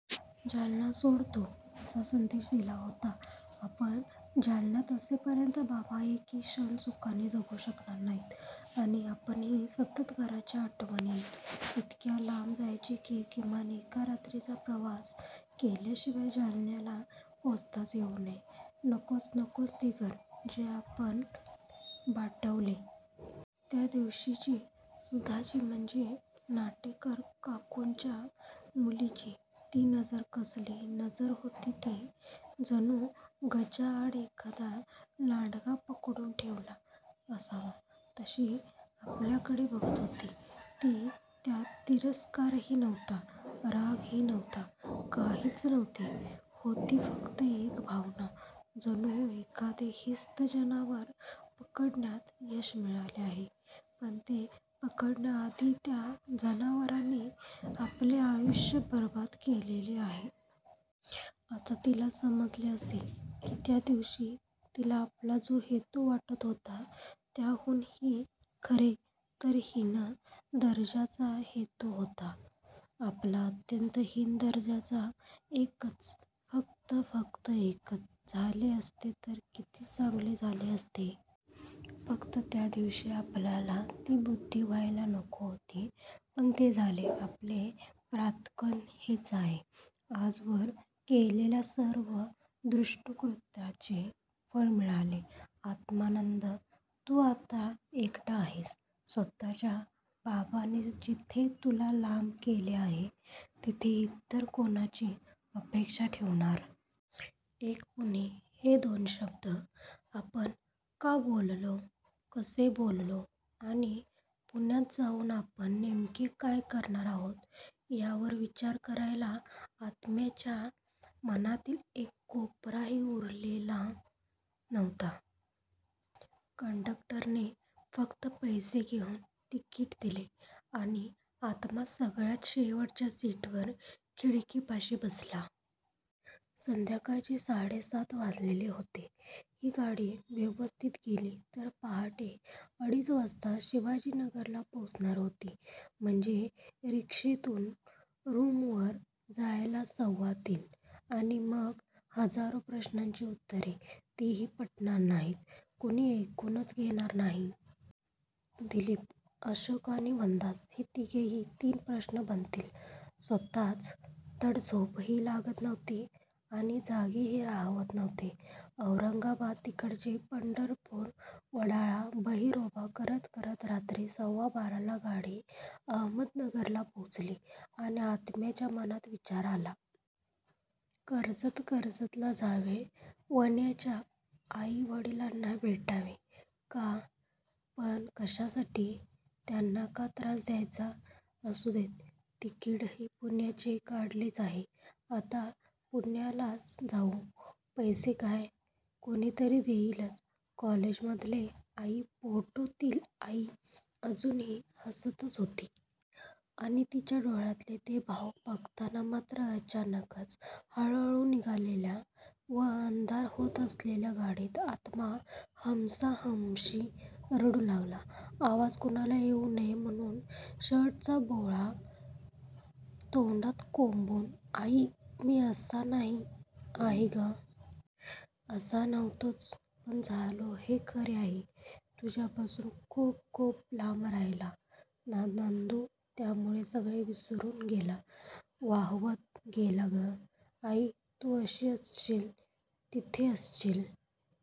जालना सोड तू! असा संदेश दिला होता. आपण जालन्यात असेपर्यंत बाबा एक क्षणही सुखाने जगू शकणार नाहीत आणि आपणही! सतत घराची आठवण येईल. इतक्या लांब जायचे की किमान एका रात्रीचा प्रवास केल्याशिवाय जालन्याला पोचताच येऊ नये, नकोच-नकोच ते घर, जे आपण बाटवले. त्या दिवशीची सुधाची, म्हणजे नाटेकर काकूंच्या मुलीची ती नजर कसली नजर होती ती! जणू गजांआड एखादा लांडगा पकडून ठेवला असावा तशी आपल्याकडे बघत होती. ती त्यात तिरस्कारही नव्हता, रागही नव्हता, काहीच नव्हते! होती फक्त एक भावना, जणू एखादे हिंस्त जनावर पकडण्यात यश मिळाले आहे पण ते पकडण्याआधी त्या जनावराने आपले आयुष्य बरबाद केलेले आहे. आता तिला समजले असेल! की त्या दिवशी तिला आपला जो हेतू वाटत होता त्याहूनहीखरे तर हीन दर्जाचा हेतू होता आपला अत्यंत हीन दर्जाचा एकच फक्त-फक्त एकच झाले असते तर किती चांगले झाले असते! फक्त, त्या दिवशी आपल्याला ती बुद्धी व्हायला नको होती. पण ते झाले! आपले प्राक्तन हेच आहे. आजवर केलेल्या सर्व दुष्कृत्यांचे फळ मिळाले. आत्मानंद? तू आता एकटा आहेस. स्वतःच्या बापानेच जिथे तुला लांब केले आहे तिथे इतर कुणाची अपेक्षा ठेवणार. 'एक पुणे' हे दोन शब्द आपण का बोललो, कसे बोललो आणि पुण्यात जाऊन आपण नेमके काय करणार आहोत यावर विचार करायला आत्म्याच्या मनातील एक कोपराही उरलेला नव्हता. कंडक्टरने फक्त पैसे घेऊन तिकीट दिले आणि आत्मा सगळ्यात शेवटच्या सीटवर खिडकीपाशी बसला! संध्याकाळचे साडे सात वाजलेले होते. ही गाडी व्यवस्थित गेली तर पहाटे अडीच वाजता शिवाजीनगरला पोचणार होती. म्हणजे रिक्षेतून रूमवर जायला सव्वा तीन! आणि मग, हजारो प्रश्नांची उत्तरे! तीही पटणार नाहीत. कुणी ऐकूनच घेणार नाही. दिलीप, अशोक आणि वनदास, हे तिघेही तीन प्रश्न बनतील स्वतःच! धड झोपही लागत नव्हती आणि जागेही राहावत नव्हते. औरंगाबाद, तिकडचे पंढरपूर, वडाळा बहिरोबा करत करत रात्री सव्वा बाराला गाडी अहमदनगरला पोचली आणि आत्म्याच्या मनात विचार आला. कर्जत, कर्जतला जावे? वन्याच्या आई वडिलांना भेटावे का? पण, कशासाठी? त्यांना का त्रास द्यायचा? असुदेत, तिकीटही पुण्याचे काढलेच आहे. आता पुण्यालाच जाऊ! पैसे काय? कुणीतरी देईलच कॉलेजमधले! आई! फोटोतील आई अजूनही हसतच होती. आणि, तिच्या डोळ्यातले ते भाव बघताना मात्र अचानकच, हळू-हळू निघालेल्या व अंधार होत असलेल्या गाडीत आत्मा हमसाहमशी रडू लागला. आवाज कुणाला येऊ नये म्हणून शर्टचा बोळा तोंडात कोंबून आई! मी असा नाही. आहे गं! असा नव्हतोच, पण झालो हे खरे आहे. तुझ्यापासून खूप-खूप लांब राहिला ना नंदू! त्यामुळे सगळे विसरून गेला. वाहवत गेला गं! आई, तू असशील तिथे असशील--